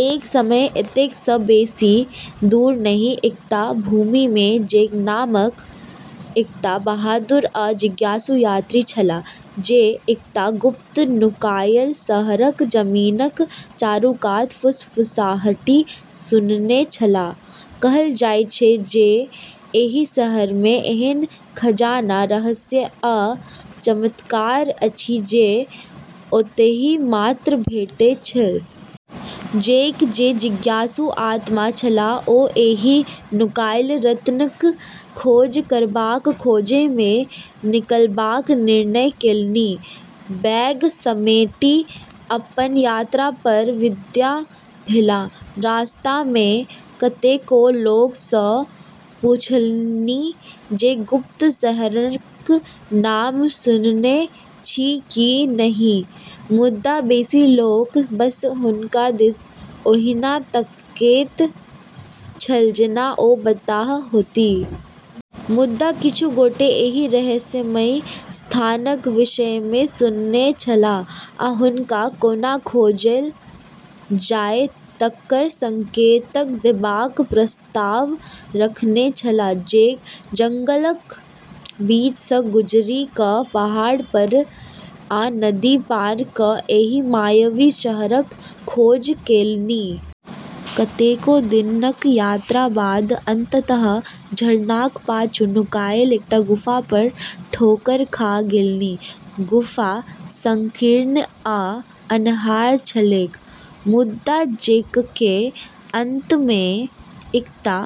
एक समय एतय सँ बेसी दूर नहि एकटा भूमिमे जैक नामक एकटा बहादुर आ जिज्ञासु यात्री छलाह। जैक एकटा गुप्त नुकायल शहरक जमीनक चारूकात फुसफुसाहटि सुनने छलाह। कहल जाइत छल जे एहि शहरमे एहन खजाना, रहस्य आ चमत्कार अछि जे ओतहि मात्र भेटैत छल। जैक, जे जिज्ञासु आत्मा छलाह, ओ एहि नुकायल रत्नक खोज करबाक खोजमे निकलबाक निर्णय कएलनि। बैग समेटि अपन यात्रा पर विदा भेलाह। रास्तामे कतेको लोक सँ पूछलनि जे गुप्त शहरक नाम सुनने छी की नहि, मुदा बेसी लोक बस हुनका दिस ओहिना तकैत छल जेना ओ बताह होथि। मुदा किछु गोटे एहि रहस्यमयी स्थानक विषयमे सुनने छलाह आ हुनका कोना खोजल जाय तकर संकेत देबाक प्रस्ताव रखने छलाह। जैक जंगलक बीच सँ गुजरि क’, पहाड़ पर, आ नदी पार क’ एहि मायावी शहरक खोज कएलनि। कतेको दिनक यात्राक बाद अंततः झरनाक पाछू नुकायल एकटा गुफा पर ठोकर खा गेलनि। गुफा संकीर्ण आ अन्हार छलैक, मुदा जैककेँ अंतमे एकटा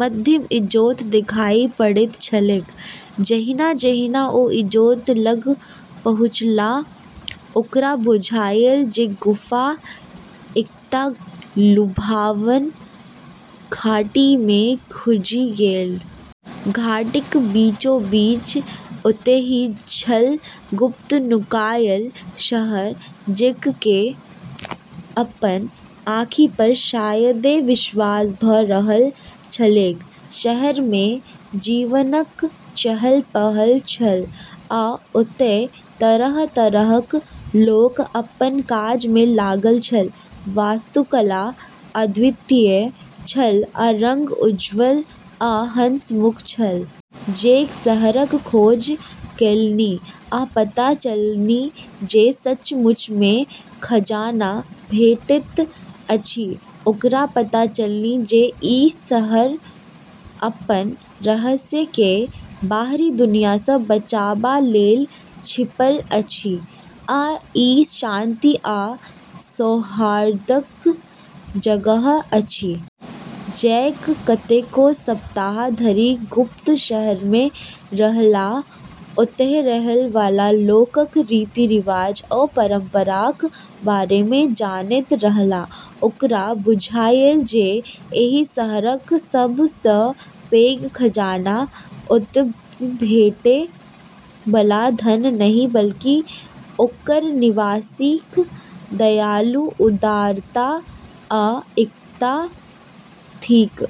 मद्धिम इजोत देखाइ पड़ैत छलैक। जहिना-जहिना ओ इजोत लग पहुँछलाह, ओकरा बुझायल जे गुफा एकटा लुभावन घाटीमे खुजि गेल। घाटीक बीचोबीच, ओतहि छल, गुप्त नुकायल शहर। जैककेँ अपन आँखि पर शायदे विश्वास भ’ रहल छलैक। शहरमे जीवनक चहल-पहल छल, आ ओतय तरह-तरहक लोक अपन काजमे लागल छल। वास्तुकला अद्वितीय छल, आ रंग उज्ज्वल आ हंसमुख छल। जैक शहरक खोज कएलनि आ पता चललनि जे सचमुचमे खजाना भेटैत अछि। ओकरा पता चललनि जे ई शहर अपन रहस्यकेँ बाहरी दुनिया सँ बचाबा लेल छिपल अछि आ ई शांति आ सौहार्दक जगह अछि। जैक कतेको सप्ताह धरि गुप्त शहरमे रहलाह, ओतय रहै वाला लोकक रीति-रिवाज आ परंपराक बारेमे जानैत रहलाह। ओकरा बुझायल जे एहि शहरक सभ सँ पैघ खजाना ओतय भेटै बला धन नहि, बल्कि ओकर निवासीक दयालुता, उदारता आ एकता थिक।